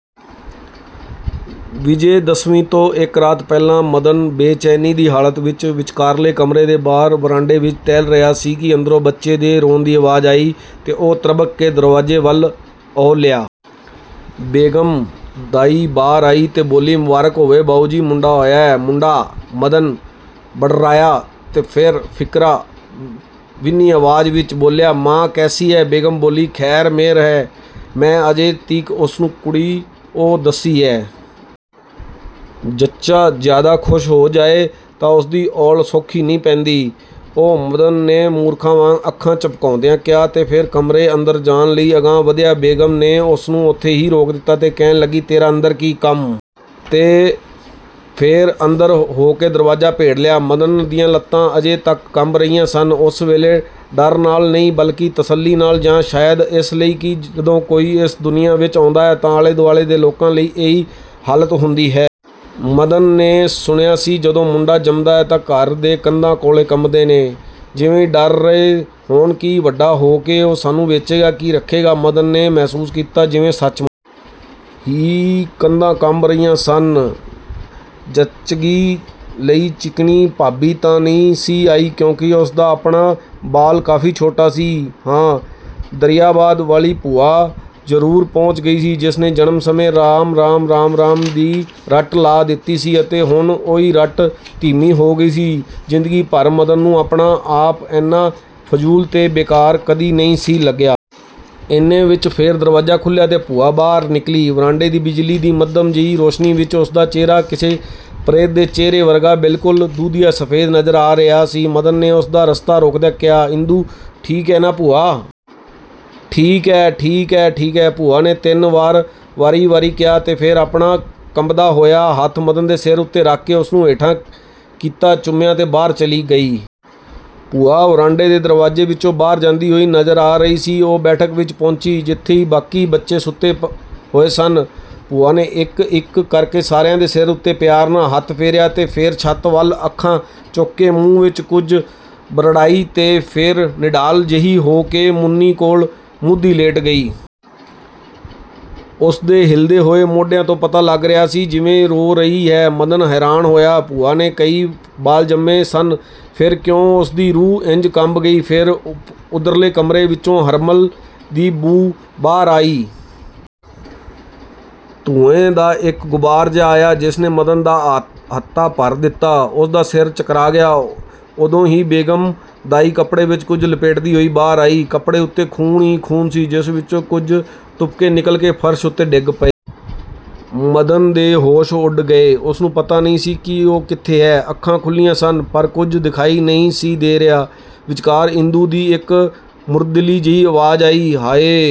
' ਵਿਜੈ ਦਸਵੀਂ ਤੋਂ ਇਕ ਰਾਤ ਪਹਿਲਾਂ ਮਦਨ ਬੇਚੈਨੀ ਦੀ ਹਾਲਤ ਵਿਚ ਵਿਚਕਾਰਲੇ ਕਮਰੇ ਦੇ ਬਾਹਰ ਵਰਾਂਡੇ ਵਿਚ ਟਹਿਲ ਰਿਹਾ ਸੀ ਕਿ ਅੰਦਰੋਂ ਬੱਚੇ ਦੇ ਰੋਣ ਦੀ ਆਵਾਜ਼ ਆਈ ਤੇ ਉਹ ਤ੍ਰਬਕ ਕੇ ਦਰਵਾਜ਼ੇ ਵੱਲ ਅਹੁਲਿਆ। ਬੇਗਮ ਦਾਈ ਬਾਹਰ ਆਈ ਤੇ ਬੋਲੀ-"ਮੁਬਾਰਕ ਹੋਵੇ ਬਾਊਜੀ, ਮੁੰਡਾ ਹੋਇਆ ਏ। " "ਮੁੰਡਾ? " ਮਦਨ ਬੜਰਾਇਆ ਤੇ ਫੇਰ ਫਿਕਰਾਂ ਵਿੰਨ੍ਹੀ ਆਵਾਜ਼ ਵਿਚ ਬੋਲਿਆ-"ਮਾਂ ਕੈਸੀ ਹੈ? " ਬੇਗਮ ਬੋਲੀ-"ਖ਼ੈਰ ਮਿਹਰ ਏ, ਮੈਂ ਅਜੇ ਤੀਕ ਉਸਨੂੰ ਕੁੜੀ ਓ ਦੱਸੀ ਏ। ਜੱਚਾ ਜ਼ਿਆਦਾ ਖੁਸ਼ ਹੋ ਜਾਏ ਤਾਂ ਉਸਦੀ ਔਲ ਸੌਖੀ ਨਹੀਂ ਪੈਂਦੀ। " "ਓ… " ਮਦਨ ਨੇ ਮੂਰਖਾਂ ਵਾਂਗ ਅੱਖਾਂ ਝਪਕਾਉਂਦਿਆਂ ਕਿਹਾ ਤੇ ਫੇਰ ਕਮਰੇ ਅੰਦਰ ਜਾਣ ਲਈ ਅਗਾਂਹ ਵਧਿਆ। ਬੇਗਮ ਨੇ ਉਸਨੂੰ ਉੱਥੇ ਹੀ ਰੋਕ ਦਿਤਾ ਤੇ ਕਹਿਣ ਲੱਗੀ- "ਤੇਰਾ ਅੰਦਰ ਕੀ ਕੰਮ? " ਤੇ ਫੇਰ ਅੰਦਰ ਹੋ ਕੇ ਦਰਵਾਜ਼ਾ ਭੇੜ ਲਿਆ। ਮਦਨ ਦੀਆਂ ਲੱਤਾਂ ਅਜੇ ਤਕ ਕੰਬ ਰਹੀਆਂ ਸਨ। ਉਸ ਵੇਲੇ ਡਰ ਨਾਲ ਨਹੀਂ ਬਲਿਕੇ ਤਸੱਲੀ ਨਾਲ ਜਾਂ ਸ਼ਾਇਦ ਇਸ ਲਈ ਕਿ ਜਦੋਂ ਕੋਈ ਇਸ ਦੁਨੀਆਂ ਵਿਚ ਆਉਂਦਾ ਹੈ ਤਾਂ ਆਲੇ ਦੁਆਲੇ ਦੇ ਲੋਕਾਂ ਦੀ ਇਹੀ ਹਾਲਤ ਹੁੰਦੀ ਹੈ। ਮਦਨ ਨੇ ਸੁਣਿਆ ਸੀ, ਜਦੋਂ ਮੁੰਡਾ ਜੰਮਦਾ ਹੈ ਤਾਂ ਘਰ ਦੇ ਕੰਧਾਂ ਕੌਲੇ ਕੰਬਦੇ ਨੇ। ਜਿਵੇਂ ਡਰ ਰਹੇ ਹੋਣ ਕਿ ਵੱਡਾ ਹੋ ਕੇ ਸਾਨੂੰ ਵੇਚੇਗਾ ਕਿ ਰੱਖੇਗਾ। ਮਦਨ ਨੇ ਮਹਿਸੂਸ ਕੀਤਾ, ਜਿਵੇਂ ਸੱਚਮੁੱਚ ਹੀ ਕੰਧਾਂ ਕੰਬ ਰਹੀਆਂ ਸਨ… ਜੱਚਗੀ ਲਈ ਚਿਕਨੀ ਭਾਬੀ ਤਾਂ ਨਹੀਂ ਸੀ ਆਈ ਕਿਉਂਕਿ ਉਸਦਾ ਆਪਣਾ ਬਾਲ ਕਾਫੀ ਛੋਟਾ ਸੀ-ਹਾਂ, ਦਰਿਆਬਾਦ ਵਾਲੀ ਭੂਆ ਜ਼ਰੂਰ ਪਹੁੰਚ ਗਈ ਸੀ, ਜਿਸਨੇ ਜਨਮ ਸਮੇਂ 'ਰਾਮ–ਰਾਮ, ਰਾਮ–ਰਾਮ' ਦੀ ਰਟ ਲਾ ਦਿਤੀ ਸੀ ਤੇ ਹੁਣ ਉਹੀ ਰਟ ਧੀਮੀ ਹੋ ਗਈ ਸੀ… ਜ਼ਿੰਦਗੀ ਭਰ ਮਦਨ ਨੂੰ ਆਪਣਾ ਆਪ ਏਨਾ ਫਜ਼ੂਲ ਤੇ ਬੇਕਾਰ ਕਦੀ ਨਹੀਂ ਸੀ ਲੱਗਿਆ। ਏਨੇ ਵਿਚ ਫੇਰ ਦਰਵਾਜ਼ਾ ਖੁੱਲ੍ਹਿਆ ਤੇ ਭੂਆ ਬਾਹਰ ਨਿਕਲੀ। ਵਰਾਂਡੇ ਦੀ ਬਿਜਲੀ ਦੀ ਮੱਧਮ ਜਿਹੀ ਰੌਸ਼ਨੀ ਵਿਚ ਉਸਦਾ ਚਿਹਰਾ ਕਿਸੇ ਪ੍ਰੇਤ ਦੇ ਚਿਹਰੇ ਵਰਗਾ-ਬਿਲਕੁਲ ਦੁਧੀਆ–ਸਫ਼ੇਦ- ਨਜ਼ਰ ਆ ਰਿਹਾ ਸੀ। ਮਦਨ ਨੇ ਉਸਦਾ ਰਸਤਾ ਰੋਕਦਿਆਂ ਕਿਹਾ- "ਇੰਦੂ ਠੀਕ ਏ ਨਾ ਭੂਆ? " "ਠੀਕ ਐ, ਠੀਕ ਐ, ਠੀਕ ਐ… " ਭੂਆ ਨੇ ਤਿੰਨ ਚਾਰ ਵਾਰੀ ਕਿਹਾ ਤੇ ਫੇਰ ਆਪਣਾ ਕੰਬਦਾ ਹੋਇਆ ਹੱਥ ਮਦਨ ਦੇ ਸਿਰ ਉੱਤੇ ਰੱਖ ਕੇ ਉਸਨੂੰ ਹੇਠਾਂ ਕੀਤਾ, ਚੁੰਮਿਆਂ ਤੇ ਬਾਹਰ ਚਲੀ ਗਈ। ਭੂਆ ਵਰਾਂਡੇ ਦੇ ਦਰਵਾਜ਼ੇ ਵਿਚੋਂ ਬਾਹਰ ਜਾਂਦੀ ਹੋਈ ਨਜ਼ਰ ਆ ਰਹੀ ਸੀ। ਉਹ ਬੈਠਕ ਵਿਚ ਪਹੁੰਚੀ, ਜਿੱਥੇ ਬਾਕੀ ਬੱਚੇ ਸੁੱਤੇ ਹੋਏ ਸਨ। ਭੂਆ ਨੇ ਇਕ ਇਕ ਕਰਕੇ ਸਾਰਿਆਂ ਦੇ ਸਿਰ ਉੱਤੇ ਪਿਆਰ ਨਾਲ ਹੱਥ ਫੇਰਿਆ ਤੇ ਫੇਰ ਛੱਤ ਵੱਲ ਅੱਖਾਂ ਚੁੱਕ ਕੇ ਮੂੰਹ ਵਿਚ ਕੁਝ ਬਰੜਾਈ ਤੇ ਫੇਰ ਨਿਢਾਲ ਜਿਹੀ ਹੋ ਕੇ ਮੁੰਨੀ ਕੋਲ ਮੂਧੀ ਲੇਟ ਗਈ। ਉਸਦੇ ਹਿੱਲਦੇ ਹੋਏ ਮੋਢਿਆਂ ਤੋਂ ਪਤਾ ਲੱਗ ਰਿਹਾ ਸੀ ਜਿਵੇਂ ਰੋ ਰਹੀ ਹੈ। ਮਦਨ ਹੈਰਾਨ ਹੋਇਆ! ਭੂਆ ਨੇ ਕਈ ਬਾਲ ਜੰਮੇ ਸਨ ਫੇਰ ਕਿਉਂ ਉਸਦੀ ਰੂਹ ਇੰਜ ਕੰਬ ਗਈ ਹੈ…? ਫੇਰ ਉਧਰਲੇ ਕਮਰੇ ਵਿਚੋਂ ਹਰਮਲ ਦੀ ਬੂ ਬਾਹਰ ਆਈ। ਧੂੰਏ ਦਾ ਇਕ ਗੁਬਾਰ ਜਿਹਾ ਆਇਆ, ਜਿਸਨੇ ਮਦਨ ਦਾ ਅਹਾਤਾ ਭਰ ਦਿਤਾ। ਉਸਦਾ ਸਿਰ ਚਕਰਾ ਗਿਆ। ਉਦੋਂ ਹੀ ਬੇਗਮ ਦਾਈ ਕਪੜੇ ਵਿਚ ਕੁਝ ਲਪੇਟਦੀ ਹੋਈ ਬਾਹਰ ਆਈ। ਕਪੜੇ ਉੱਤੇ ਖ਼ੂਨ ਹੀ ਖ਼ੂਨ ਸੀ, ਜਿਸ ਵਿਚੋਂ ਕੁਝ ਤੁਪਕੇ ਨਿਕਲ ਕੇ ਫਰਸ਼ ਉੱਤੇ ਡਿੱਗ ਪਏ। ਮਦਨ ਦੇ ਹੋਸ਼ ਉੱਡ ਗਏ। ਉਸਨੂੰ ਪਤਾ ਨਹੀਂ ਸੀ ਕਿ ਉਹ ਕਿੱਥੇ ਹੈ! ਅੱਖਾਂ ਖੁੱਲ੍ਹੀਆਂ ਸਨ, ਪਰ ਕੁਝ ਦਿਖਾਈ ਨਹੀਂ ਸੀ ਦੇ ਰਿਹਾ। ਵਿਚਕਾਰ ਇੰਦੂ ਦੀ ਇਕ ਮੁਰਦਲੀ ਜਿਹੀ ਆਵਾਜ਼ ਆਈ-"ਹਾ–ਏ…